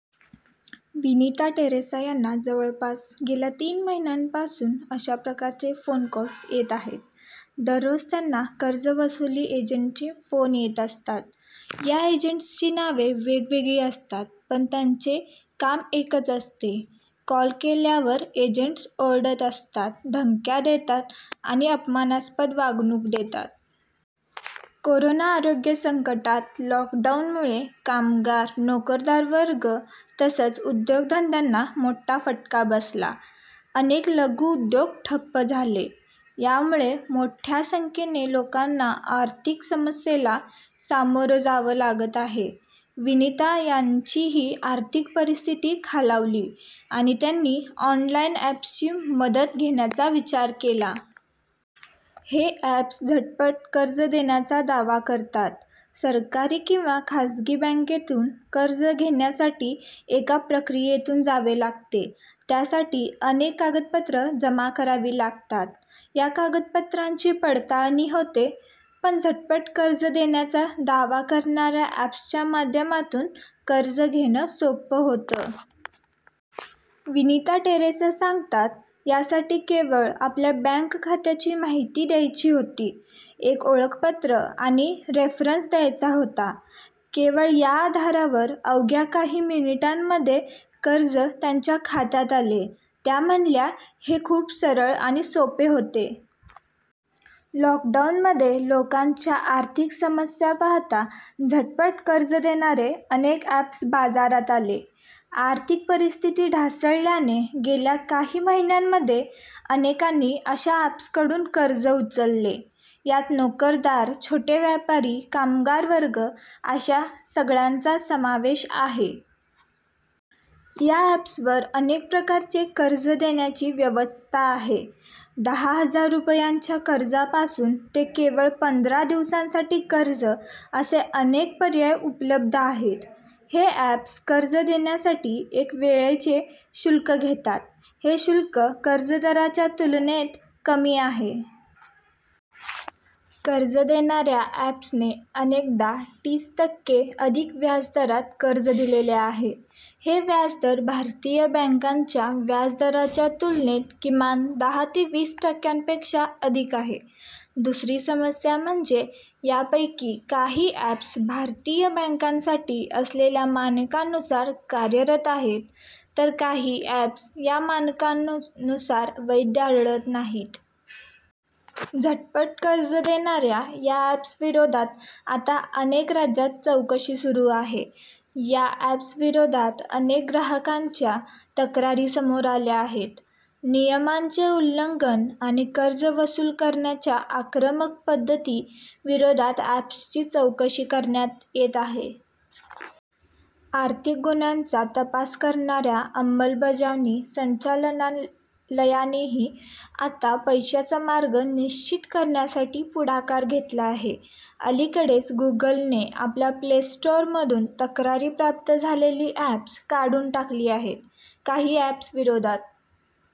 Vinita Teresa यांना जवळपास गेल्या तीन महिन्यांपासून अशाप्रकारचे फोन कॉल्स येत आहेत. दररोज त्यांना कर्ज वसुली एजंटचे फोन येत असतात. या एजंट्सची नावे वेगवेगळी असतात पण त्यांचे काम एकच असते. कॉल केल्यावर एजंट्स ओरडत असतात, धमक्या देतात आणि अपमानास्पद वागणूक देतात. कोरोना आरोग्य संकटात लॉकडॉऊनमुळे कामगार, नोकरदार वर्ग तसंच उद्योगधंद्यांना मोठा फटका बसला. अनेक लघु उद्योग ठप्प झाले. यामुळे मोठ्या संख्येने लोकांना आर्थिक समस्येला सामोरं जावं लागत आहे. विनीता यांचीही आर्थिक परिस्थिती खालावली आणि त्यांनी ऑनलाईन अँप्सची मदत घेण्याचा विचार केला. हे अँप्स झटपट कर्ज देण्याचा दावा करतात. सरकारी किंवा खासगी बँकेतून कर्ज घेण्यासाठी एका प्रक्रियेतून जावे लागते. त्यासाठी अनेक कागदपत्र जमा करावी लागतात. या कागदपत्रांची पडताळणी होते. पण झटपट कर्ज देण्याचा दावा करणाऱ्या अँप्सच्या माध्यमातून कर्ज घेणं सोपं होतं. विनिता टेरेसा सांगतात, यासाठी केवळ आपल्या बँक खात्याची माहिती द्यायची होती. एक ओळखपत्र आणि रेफरन्स द्यायचा होता. केवळ या आधारावर अवघ्या काही मिनिटांमध्ये कर्ज त्यांच्या खात्यात आले. त्या म्हणाल्या, हे खूप सरळ आणि सोपे होते. लॉकडॉऊनमध्ये लोकांच्या आर्थिक समस्या पाहता झटपट कर्ज देणारे अनेक अँप्स बाजारात आले. आर्थिक परिस्थिती ढासळल्याने गेल्या काही महिन्यांमध्ये अनेकांनी अशा अँप्सकडून कर्ज उचलले. यात नोकरदार, छोटे व्यापारी, कामगार वर्ग अशा सगळ्यांचा समावेश आहे. या अँप्सवर अनेक प्रकारचे कर्ज देण्याची व्यवस्था आहे. दहा हजार रुपयांच्या कर्जापासून ते केवळ पंधरा दिवसांसाठी कर्ज असे अनेक पर्याय उपलब्ध आहेत हे अँप्स कर्ज देण्यासाठी एक वेळचे शुल्क घेतात. हे शुल्क कर्ज दराच्या तुलनेत कमी आहे. कर्ज देणाऱ्या अँप्सने अनेकदा तीस टक्के अधिक व्याज दरात कर्ज दिलेले आहे. हे व्याज दर भारतीय बँकांच्या व्याजदराच्या तुलनेत किमान दहा ते वीस टक्क्यांपेक्षा अधिक आहे. दुसरी समस्या म्हणजे यापैकी काही अँप्स भारतीय बँकांसाठी असलेल्या मानकांनुसार कार्यरत आहेत, तर काही अँप्स या मानकांनुसार वैध आढळत नाहीत. झटपट कर्ज देणाऱ्या या अँप्स विरोधात आता अनेक राज्यांत चौकशी सुरू आहे. या अँप्स विरोधात अनेक ग्राहकांच्या तक्रारी समोर आल्या आहेत. नियमांचे उल्लंघन आणि कर्ज वसूल करण्याच्या आक्रमक पद्धती विरोधात अँप्सची चौकशी करण्यात येत आहे. आर्थिक गुन्ह्यांचा तपास करणाऱ्या अंमलबजावणी संचालनालयानेही आता पैशाचा मार्ग निश्चित करण्यासाठी पुढाकार घेतला आहे. अलीकडेच गुगलने आपल्या प्लेस्टोअरमधून तक्रारी प्राप्त झालेली अँप्स काढून टाकली आहेत. काही अँप्स विरोधात